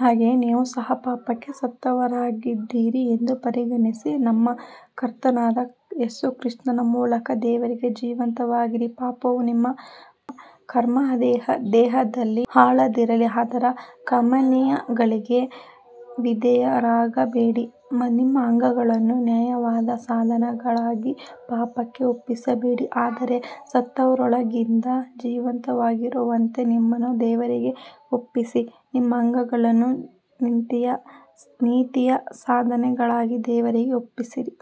ಹಾಗೆಯೇ ನೀವು ಸಹ ಪಾಪಕ್ಕೆ ಸತ್ತವರಾಗಿದ್ದೀರಿ ಎಂದು ಪರಿಗಣಿಸಿ, ನಮ್ಮ ಕರ್ತನಾದ ಯೇಸು ಕ್ರಿಸ್ತನ ಮೂಲಕ ದೇವರಿಗೆ ಜೀವಂತವಾಗಿರಿ. ಪಾಪವು ನಿಮ್ಮ ಮರ್ತ್ಯ ದೇಹದಲ್ಲಿ ಆಳದಿರಲಿ, ಅದರ ಕಾಮನೆಗಳಿಗೆ ವಿಧೇಯರಾಗಬೇಡಿ. ನಿಮ್ಮ ಅಂಗಗಳನ್ನು ನ್ಯಾಯದ ಸಾಧನಗಳಾಗಿ ಪಾಪಕ್ಕೆ ಒಪ್ಪಿಸಬೇಡಿ, ಆದರೆ ಸತ್ತವರೊಳಗಿಂದ ಜೀವಂತವಾಗಿರುವವರಂತೆ ನಿಮ್ಮನ್ನು ದೇವರಿಗೆ ಒಪ್ಪಿಸಿ, ನಿಮ್ಮ ಅಂಗಗಳನ್ನು ನೀತಿಯ ಸಾಧನೆಗಳಾಗಿ ದೇವರಿಗೆ ಒಪ್ಪಿಸಿರಿ.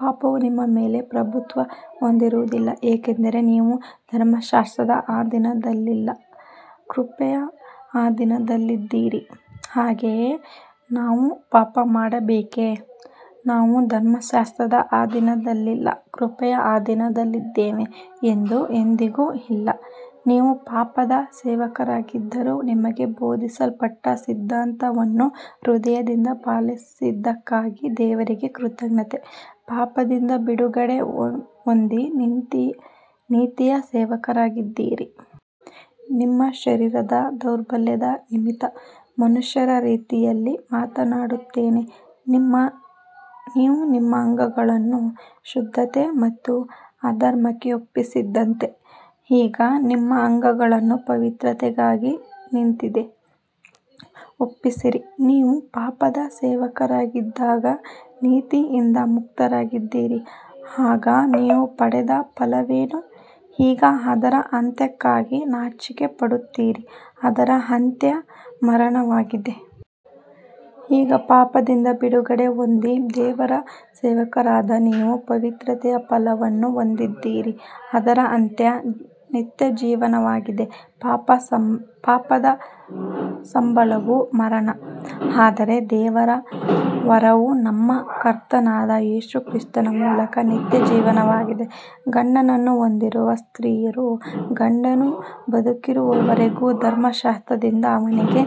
ಪಾಪವು ನಿಮ್ಮ ಮೇಲೆ ಪ್ರಭುತ್ವ ಹೊಂದುವುದಿಲ್ಲ, ಏಕೆಂದರೆ ನೀವು ಧರ್ಮಶಾಸ್ತ್ರದ ಅಧೀನದಲ್ಲಿಲ್ಲ, ಕೃಪೆಯ ಅಧೀನದಲ್ಲಿದ್ದೀರಿ. ಹಾಗಾದರೆ ನಾವು ಪಾಪಮಾಡಬೇಕೇ, ನಾವು ಧರ್ಮಶಾಸ್ತ್ರದ ಅಧೀನದಲ್ಲಿಲ್ಲ, ಕೃಪೆಯ ಅಧೀನದಲ್ಲಿದ್ದೇವೆ ಎಂದು. ಎಂದಿಗೂ ಇಲ್ಲ. ನೀವು ಪಾಪದ ಸೇವಕರಾಗಿದ್ದರೂ, ನಿಮಗೆ ಬೋಧಿಸಲ್ಪಟ್ಟ ಸಿದ್ಧಾಂತವನ್ನು ಹೃದಯದಿಂದ ಪಾಲಿಸಿದ್ದಕ್ಕಾಗಿ ದೇವರಿಗೆ ಕೃತಜ್ಞತೆ. ಪಾಪದಿಂದ ಬಿಡುಗಡೆ ಹೊಂದಿ ನೀತಿಯ ಸೇವಕರಾದಿರಿ. ನಿಮ್ಮ ಶರೀರದ ದೌರ್ಬಲ್ಯದ ನಿಮಿತ್ತ ಮನುಷ್ಯರ ರೀತಿಯಲ್ಲಿ ಮಾತನಾಡುತ್ತೇನೆ. ನೀವು ನಿಮ್ಮ ಅಂಗಗಳನ್ನು ಅಶುದ್ಧತೆ ಮತ್ತು ಅಧರ್ಮಕ್ಕೆ ಒಪ್ಪಿಸಿದಂತೆ, ಈಗ ನಿಮ್ಮ ಅಂಗಗಳನ್ನು ಪವಿತ್ರತೆಗಾಗಿ ನೀತಿಗೆ ಒಪ್ಪಿಸಿರಿ. ನೀವು ಪಾಪದ ಸೇವಕರಾಗಿದ್ದಾಗ ನೀತಿಯಿಂದ ಮುಕ್ತರಾಗಿದ್ದಿರಿ. ಆಗ ನೀವು ಪಡೆದ ಫಲವೇನು, ಈಗ ಅದರ ಅಂತ್ಯಕ್ಕಾಗಿ ನಾಚಿಕೆಪಡುತ್ತೀರಿ, ಅದರ ಅಂತ್ಯ ಮರಣವಾಗಿದೆ. ಈಗ ಪಾಪದಿಂದ ಬಿಡುಗಡೆ ಹೊಂದಿ ದೇವರ ಸೇವಕರಾದ ನೀವು ಪವಿತ್ರತೆಯ ಫಲವನ್ನು ಹೊಂದಿದ್ದೀರಿ, ಅದರ ಅಂತ್ಯ ನಿತ್ಯಜೀವಗಿದೆ. ಪಾಪದ ಸಂಬಳವು ಮರಣ, ಆದರೆ ದೇವರ ವರವು ನಮ್ಮ ಕರ್ತನಾದ ಯೇಸು ಕ್ರಿಸ್ತನ ಮೂಲಕ ನಿತ್ಯಜೀವಗಿದೆ. ಗಂಡನನ್ನು ಹೊಂದಿರುವ ಸ್ತ್ರೀಯು ಗಂಡನು ಬದುಕಿರುವವರೆಗೂ ಧರ್ಮಶಾಸ್ತ್ರದಿಂದ ಅವನಿಗೆ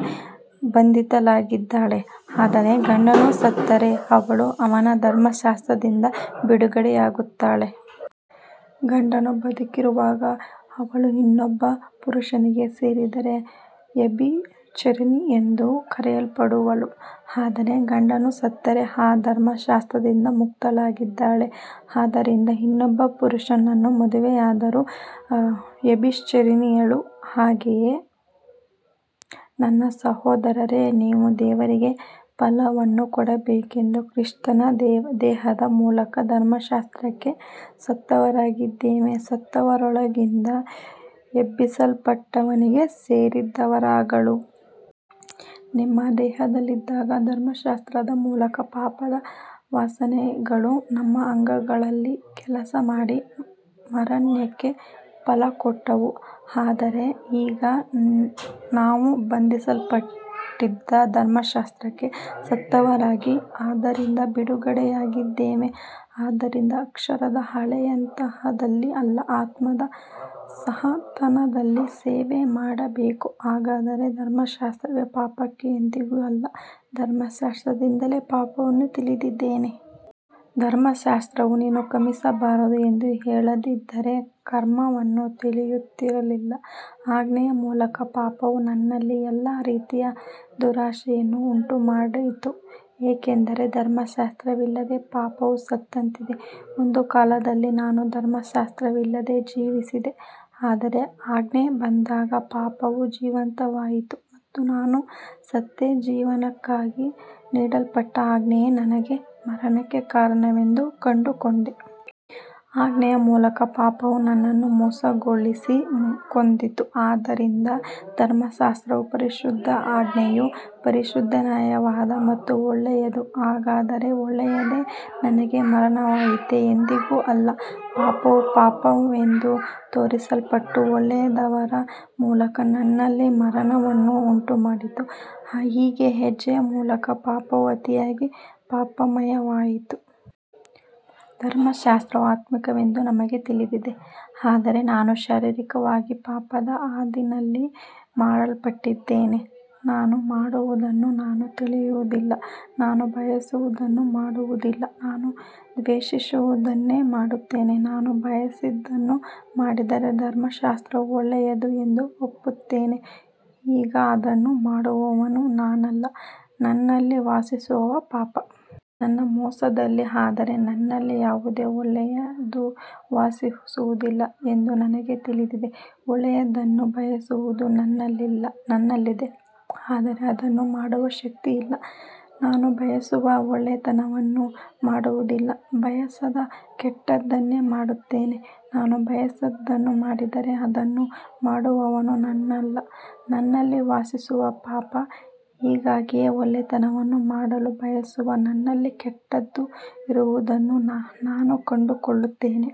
ಬಂಧಿತಳಾಗಿದ್ದಾಳೆ, ಆದರೆ ಗಂಡನು ಸತ್ತರೆ ಅವಳು ಅವನ ಧರ್ಮಶಾಸ್ತ್ರದಿಂದ ಬಿಡುಗಡೆಯಾಗುತ್ತಾಳೆ. ಗಂಡನು ಬದುಕಿರುವಾಗ ಅವಳು ಇನ್ನೊಬ್ಬ ಪುರುಷನಿಗೆ ಸೇರಿದರೆ ವ್ಯಭಿಚಾರಿಣಿ ಎಂದು ಕರೆಯಲ್ಪಡುವಳು, ಆದರೆ ಗಂಡನು ಸತ್ತರೆ ಆ ಧರ್ಮಶಾಸ್ತ್ರದಿಂದ ಮುಕ್ತಳಾಗಿದ್ದಾಳೆ, ಆದ್ದರಿಂದ ಇನ್ನೊಬ್ಬ ಪುರುಷನನ್ನು ಮದುವೆಯಾದರೂ ವ್ಯಭಿಚಾರಿಣಿಯಲ್ಲ. ಹಾಗೆಯೇ ನನ್ನ ಸಹೋದರರೇ, ನಾವು ದೇವರಿಗೆ ಫಲವನ್ನು ಕೊಡಬೇಕೆಂದು ಕ್ರಿಸ್ತನ ದೇಹದ ಮೂಲಕ ಧರ್ಮಶಾಸ್ತ್ರಕ್ಕೆ ಸತ್ತವರಾಗಿದ್ದೇವೆ, ಸತ್ತವರೊಳಗಿಂದ ಎಬ್ಬಿಸಲ್ಪಟ್ಟವನಿಗೆ ಸೇರಿದವರಾಗಲು. ನಿಮ್ಮ ದೇಹದಲ್ಲಿದ್ದಾಗ ಧರ್ಮಶಾಸ್ತ್ರದ ಮೂಲಕ ಪಾಪದ ವಾಸನೆಗಳು ನಮ್ಮ ಅಂಗಗಳಲ್ಲಿ ಕೆಲಸಮಾಡಿ ಮರಣಕ್ಕೆ ಫಲಕೊಟ್ಟವು. ಆದರೆ ಈಗ ನಾವು ಬಂಧಿಸಲ್ಪಟ್ಟಿದ್ದ ಧರ್ಮಶಾಸ್ತ್ರಕ್ಕೆ ಸತ್ತವರಾಗಿ ಅದರಿಂದ ಬಿಡುಗಡೆಯಾಗಿದ್ದೇವೆ, ಆದ್ದರಿಂದ ಅಕ್ಷರದ ಹಳೆಯಂತನದಲ್ಲಿ ಅಲ್ಲ, ಆತ್ಮದ ಹೊಸತನದಲ್ಲಿ ಸೇವೆಮಾಡಬೇಕು. ಹಾಗಾದರೆ ಧರ್ಮಶಾಸ್ತ್ರವೇ ಪಾಪವೇ. ಎಂದಿಗೂ ಇಲ್ಲ. ಧರ್ಮಶಾಸ್ತ್ರದಿಂದಲೇ ಪಾಪವನ್ನು ತಿಳಿದೆನು. ಧರ್ಮಶಾಸ್ತ್ರವು ನೀನು ಕಾಮಿಸಬಾರದು ಎಂದು ಹೇಳದಿದ್ದರೆ ಕಾಮವನ್ನು ತಿಳಿಯುತ್ತಿರಲಿಲ್ಲ. ಆಜ್ಞೆಯ ಮೂಲಕ ಪಾಪವು ನನ್ನಲ್ಲಿ ಎಲ್ಲಾ ರೀತಿಯ ದುರಾಶೆಯನ್ನು ಉಂಟುಮಾಡಿತು, ಏಕೆಂದರೆ ಧರ್ಮಶಾಸ್ತ್ರವಿಲ್ಲದೆ ಪಾಪವು ಸತ್ತಂತಿದೆ. ಒಂದು ಕಾಲದಲ್ಲಿ ನಾನು ಧರ್ಮಶಾಸ್ತ್ರವಿಲ್ಲದೆ ಜೀವಿಸಿದ್ದೆ, ಆದರೆ ಆಜ್ಞೆ ಬಂದಾಗ ಪಾಪವು ಜೀವಂತವಾಯಿತು ಮತ್ತು ನಾನು ಸತ್ತೆ. ಜೀವನಕ್ಕಾಗಿ ನೀಡಲ್ಪಟ್ಟ ಆಜ್ಞೆಯೇ ನನಗೆ ಮರಣಕ್ಕೆ ಕಾರಣವೆಂದು ಕಂಡುಕೊಂಡೆ. ಆಜ್ಞೆಯ ಮೂಲಕ ಪಾಪವು ನನ್ನನ್ನು ಮೋಸಗೊಳಿಸಿ ಕೊಂದಿತು. ಆದ್ದರಿಂದ ಧರ್ಮಶಾಸ್ತ್ರವು ಪರಿಶುದ್ಧ, ಆಜ್ಞೆಯು ಪರಿಶುದ್ಧ, ನ್ಯಾಯವಾದ ಮತ್ತು ಒಳ್ಳೆಯದು. ಹಾಗಾದರೆ ಒಳ್ಳೆಯದೇ ನನಗೆ ಮರಣವಾಯಿತೇ. ಎಂದಿಗೂ ಇಲ್ಲ. ಪಾಪವು ಪಾಪವೆಂದು ತೋರಿಸಲ್ಪಟ್ಟು, ಒಳ್ಳೆಯದರ ಮೂಲಕ ನನ್ನಲ್ಲಿ ಮರಣವನ್ನು ಉಂಟುಮಾಡಿತು, ಹೀಗೆ ಆಜ್ಞೆಯ ಮೂಲಕ ಪಾಪವು ಅತಿಯಾಗಿ ಪಾಪಮಯವಾಯಿತು. ಧರ್ಮಶಾಸ್ತ್ರವು ಆತ್ಮಿಕವೆಂದು ನಮಗೆ ತಿಳಿದಿದೆ, ಆದರೆ ನಾನು ಶರೀರಿಕನಾಗಿ ಪಾಪದ ಅಧೀನದಲ್ಲಿ ಮಾರಲ್ಪಟ್ಟಿದ್ದೇನೆ. ನಾನು ಮಾಡುವುದನ್ನು ನಾನು ತಿಳಿಯುವುದಿಲ್ಲ, ನಾನು ಬಯಸುವುದನ್ನು ಮಾಡುವುದಿಲ್ಲ, ನಾನು ದ್ವೇಷಿಸುವುದನ್ನೇ ಮಾಡುತ್ತೇನೆ. ನಾನು ಬಯಸದದ್ದನ್ನು ಮಾಡಿದರೆ ಧರ್ಮಶಾಸ್ತ್ರವು ಒಳ್ಳೆಯದು ಎಂದು ಒಪ್ಪುತ್ತೇನೆ. ಈಗ ಅದನ್ನು ಮಾಡುವವನು ನಾನಲ್ಲ, ನನ್ನಲ್ಲಿ ವಾಸಿಸುವ ಪಾಪ. ನನ್ನ ಮಾಂಸದಲ್ಲಿ, ಅಂದರೆ ನನ್ನಲ್ಲಿ, ಯಾವುದೇ ಒಳ್ಳೆಯದು ವಾಸಿಸುವುದಿಲ್ಲ ಎಂದು ನನಗೆ ತಿಳಿದಿದೆ. ಒಳ್ಳೆಯದನ್ನು ಬಯಸುವುದು ನನ್ನಲ್ಲಿದೆ, ಆದರೆ ಅದನ್ನು ಮಾಡುವ ಶಕ್ತಿ ಇಲ್ಲ. ನಾನು ಬಯಸುವ ಒಳ್ಳೆಯದನ್ನು ಮಾಡುವುದಿಲ್ಲ, ಬಯಸದ ಕೆಟ್ಟದ್ದನ್ನೇ ಮಾಡುತ್ತೇನೆ. ನಾನು ಬಯಸದದ್ದನ್ನು ಮಾಡಿದರೆ ಅದನ್ನು ಮಾಡುವವನು ನಾನಲ್ಲ, ನನ್ನಲ್ಲಿ ವಾಸಿಸುವ ಪಾಪ. ಹೀಗಾಗಿ ಒಳ್ಳೆಯದನ್ನು ಮಾಡಲು ಬಯಸುವ ನನ್ನಲ್ಲಿ ಕೆಟ್ಟದ್ದು ಇರುವುದನ್ನು ನಾನು ಕಂಡುಕೊಳ್ಳುತ್ತೇನೆ.